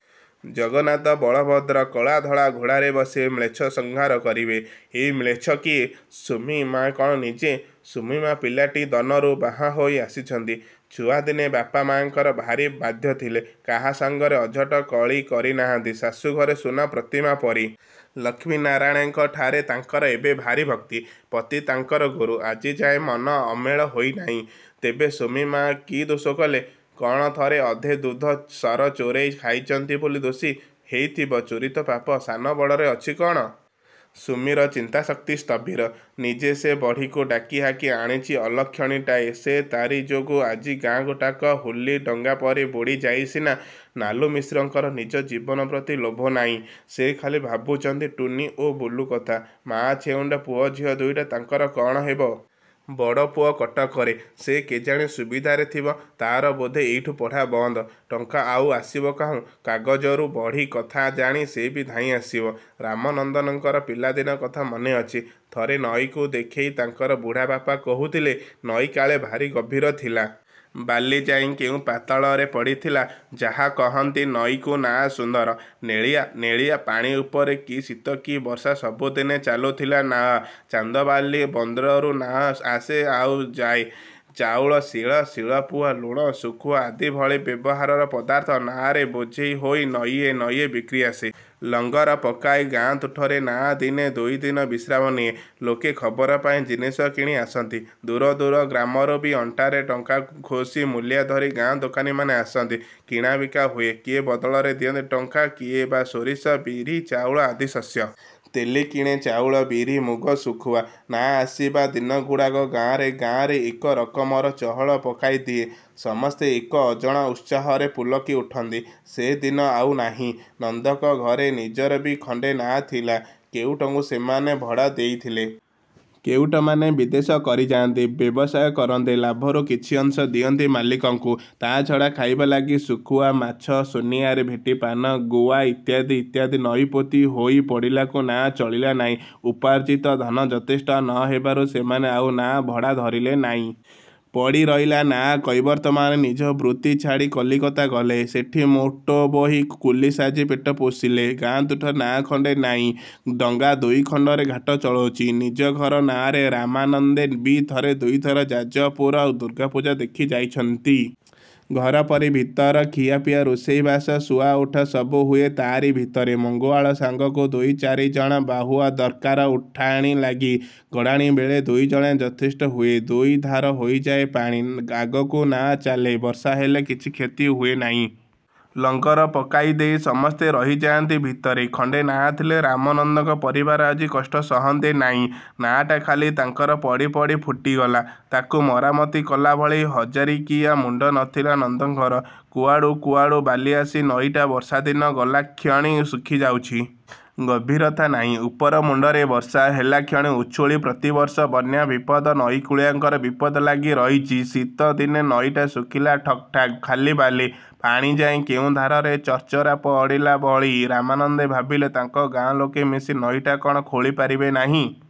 ଜଗନ୍ନାଥ ବଳଭଦ୍ର କଳା-ଧଳା ଘୋଡ଼ାରେ ବସି ମ୍ଳେଛ ସଂହାର କରିବେ। ଏଇ ମ୍ଳେଛ କିଏ? ସୁମି-ମା କଣ ନିଜେ? ସୁମି-ମା ପିଲାଟି ଦନରୁ ବାହା ହୋଇ ଆସିଛନ୍ତି। ଛୁଆଦିନେ ବାପା-ମାଙ୍କର ଭାରି ବାଧ୍ୟ ଥିଲେ। କାହା ସାଙ୍ଗରେ ଅଝଟ, କଳି କରି ନାହାନ୍ତି। ଶାଶୁଘରେ ସୁନା-ପ୍ରତିମା ପରି। ଲକ୍ଷ୍ମୀନାରାୟଣଙ୍କ ଠାରେ ତାଙ୍କର ଏବେ ଭାରି ଭକ୍ତି। ପତି ତାଙ୍କର ଗୁରୁ। ଆଜିଯାଏଁ ମନ ଅମେଳ ହୋଇନାଇଁ। ତେବେ ସୁମି-ମା କି ଦୋଷ କଲେ? କଣ, ଥରେ ଅଧେ ଦୁଧ ସର ଚୋରେଇ ଖାଇଚନ୍ତି ବୋଲି ଦୋଷୀ। ହେଇଥିବ–ଚୋରି ତ ପାପ। ସାନ ବଡ଼ରେ ଅଛି କଣ? ସୁମିର ଚିନ୍ତାଶକ୍ତି ସ୍ଥବିର। ନିଜେ ସେ ବଢ଼ିକୁ ଡାକିହାକି ଆଣିଚି ଅଲକ୍ଷଣୀଟାଏ ସେ; ତାରି ଯୋଗୁଁ ଆଜି ଗାଁ-ଗୋଟାକ ହୁଲି ଡଙ୍ଗା ପରି ବୁଡ଼ି ଯାଇଚି ସିନା! ନାଲୁମିଶ୍ରଙ୍କର ନିଜ ଜୀବନପ୍ରତି ଲୋଭନାଇଁ। ସେ ଖାଲି ଭାବୁଚନ୍ତି ଟୁନୀ ଓ ବୁଲୁ କଥା-। ମା ଛେଉଣ୍ଡ ପୁଅ ଝିଅ ଦୁଇଟା–ତାଙ୍କର କଣ ହେବ? ବଡ଼ପୁଅ କଟକରେ। ସେ କେଜାଣି ସୁବିଧାରେ ଥିବ। ତାର ବୋଧେ ଏଇଠୁ ପଢ଼ା ବନ୍ଦ। ଟଙ୍କା ଆଉ ଆସିବ କାହୁଁ। କାଗଜରୁ ବଢ଼ି କଥା ଜାଣି ସେ ବି ଧାଇଁ ଆସିବ। ରାମନନ୍ଦଙ୍କର ପିଲାଦିନ କଥା ମନେ ଅଛି। ଥରେ ନଈକୁ ଦେଖେଇ ତାଙ୍କର ବୁଢ଼ାବାପା କହୁଥିଲେ–ନଈ କାଳେ ଭାରି ଗଭୀର ଥିଲା। ବାଲି ଯାଇଁ କେଉଁ ପାତାଳରେ ପଡ଼ିଥିଲା-। ଯାହା କହନ୍ତି–ନଈକୁ ନାଆ ସୁନ୍ଦର। ନେଳିଆ ନେଳିଆ ପାଣି ଉପରେ କି ଶୀତ କି ବର୍ଷା ସବୁଦିନେ ଚାଲୁଥିଲା ନାଆ। ଚାନ୍ଦବାଲି ବନ୍ଦରରୁ ନାଆ ଆସେ ଆଉ ଯାଏ।। ଚାଉଳ, ଶିଳ, ଶିଳ-ପୁଆ, ଲୁଣ, ଶୁଖୁଆ ଆଦି ଭଳି ବ୍ୟବହାରର ପଦାର୍ଥ ନାଆରେ ବୋଝେଇ ହୋଇ ନଈଏ ନଈଏ ବିକ୍ରି ଆସେ। ଲଙ୍ଗରପକାଇ ଗାଁ-ତୁଠରେ ନାଆ ଦିନେ ଦୁଇଦିନ ବିଶ୍ରାମ ନିଏ। ଲୋକେ ଖବର ପାଇ ଜିନିଷ କିଣି ଆସନ୍ତି। ଦୂର ଦୂର ଗ୍ରାମରୁ ବି ଅଣ୍ଟାରେ ଟଙ୍କା ଖୋଷି ମୂଲିଆ ଧରି ଗାଁ ଦୋକାନୀମାନେ ଆସନ୍ତି। କିଣା ବିକା ହୁଏ। କିଏ ବଦଳରେ ଦିଅନ୍ତି ଟଙ୍କା କିଏ ବା ସୋରିଷ, ବିରି, ଚାଉଳ ଆଦି ଶସ୍ୟ। ତେଲି କିଣେ ଚାଉଳ, ବିରି, ମୁଗ, ଶୁଖୁଆ। ନା-ଆସିବା ଦିନଗୁଡାକ ଗାଁରେ ଗାଁରେ ଏକ ରକମର ଚହଳ ପକାଇ ଦିଏ। ସମସ୍ତେ ଏକ ଅଜଣା ଉତ୍ସାହରେ ପୁଲକି ଉଠନ୍ତି। ସେ ଦିନ ଆଉ ନାହିଁ। ନନ୍ଦଙ୍କ ଘର ନିଜର ବି ଖଣ୍ଡେ ନାଆ ଥିଲା। କେଉଟଙ୍କୁ ସେମାନେ ଭଡ଼ା ଦେଇଥିଲେ। କେଉଟମାନେ ବିଦେଶ କରିଯାଆନ୍ତି, ବ୍ୟବସାୟ କରନ୍ତି, ଲାଭରୁ କିଛି ଅଂଶ ଦିଅନ୍ତି ମାଲିକଙ୍କୁ। ତା'ଛଡ଼ା ଖାଇବା ଲାଗି ଶୁଖୁଆ, ମାଛ, ସୁନିଆରେ ଭେଟି ପାନ, ଗୁଆ ଇତ୍ୟାଦି ଇତ୍ୟାଦି ନଈ ପୋତି ହୋଇ ପଡ଼ିଲାକୁ ନାଆ ଚଳିଲା ନାହିଁ। ଉପାର୍ଜିତ ଧନ ଯଥେଷ୍ଟ ନ ହେବାରୁ ସେମାନେ ଆଉ ନାଆ ଭଡ଼ା ଧରିଲେ ନାଇଁ। ପଡ଼ି ରହିଲା ନାଆ। କୈବର୍ତ୍ତମାନେ ନିଜ ବୃତ୍ତି ଛାଡ଼ି କଲିକତା ଗଲେ; ସେଠି ମୋଟ ବୋହି, କୁଲି ସାଜି ପେଟ ପୋଷିଲେ। ଗାଁ ତୁଠରେ ନାଆ ଖଣ୍ଡେ ନାଇଁ। ଡଙ୍ଗା ଦୁଇଖଣ୍ଡରେ ଘାଟ ଚଳୁଛି। ନିଜ ଘର ନାଆରେ ରାମାନନ୍ଦେ ବି ଥରେ ଦୁଇଥର ଯାଜପୁର ଦୁର୍ଗାପୂଜା ଦେଖି ଯାଇଛନ୍ତି। ଘର ପରି ଭିତର। ଖିଆପିଆ, ରୋଷେଇବାସ, ଶୁଆ ଉଠା ସବୁ ହୁଏ ତାରି ଭିତରେ। ମଙ୍ଗୁଆଳ ସାଙ୍ଗକୁ ଦୁଇ ଚାରିଜଣ ବାହୁଆ ଦର୍କାର ଉଠାଣି ଲାଗି। ଗଡ଼ାଣି ବେଳେ ଦୁଇ ଜଣରେ ଯଥେଷ୍ଟ ହୁଏ। ଦୁଇଧାର ହୋଇଯାଏ ପାଣି–ଆଗକୁ ନାଆ ଚାଲେ-। ବର୍ଷା ହେଲେ କିଛି କ୍ଷତି ହୁଏନାଇଁ। ଲଙ୍ଗର ପକାଇଦେଇ ସମସ୍ତେ ରହିଯାନ୍ତି ଭିତରେ। ଖଣ୍ଡେ ନାଆ ଥିଲେ ରାମନନ୍ଦଙ୍କ ପରିବାର ଆଜି କଷ୍ଟ ସହନ୍ତେ ନାଇଁ। ନାଆଟା ଖାଲି ତାଙ୍କର ପଡ଼ି ପଡ଼ି ଫୁଟିଗଲା। ତାକୁ ମରାମତି କଲାଭଳି 'ହଜାରିକିଆ' ମୁଣ୍ଡ ନଥିଲା ନନ୍ଦଙ୍କର! କୁଆଡ଼ୁ କୁଆଡ଼ୁ ବାଲି ଆସି ନଈଟା ବର୍ଷା ଦିନ ଗଲାକ୍ଷଣି ଶୁଖି ଯାଉଛି। ଗଭୀରତା ନାହିଁ। ଉପର ମୁଣ୍ଡରେ ବର୍ଷା ହେଲାକ୍ଷଣି ଉଛୁଳି ପ୍ରତିବର୍ଷ ବନ୍ୟା; ବିପଦ– ନଈକୂଳିଆଙ୍କର ବିପଦ ଲାଗି। ରହିଚି। ଶୀତ ଦିନେ ନଈଟା ଶୁଖିଲା ଠକ୍-ଠାକ୍। ଖାଲି ବାଲି। ପାଣି ଯାଇ କେଉଁ ଧାରରେ–ଚର୍ଚରା ପଡ଼ିଲା ଭଳି। ରାମାନନ୍ଦେ ଭାବିଲେ–ତାଙ୍କ ଗାଁ ଲୋକେ ମିଶି ନଈଟା କଣ ଖୋଳି ପାରିବେ ନାହିଁ।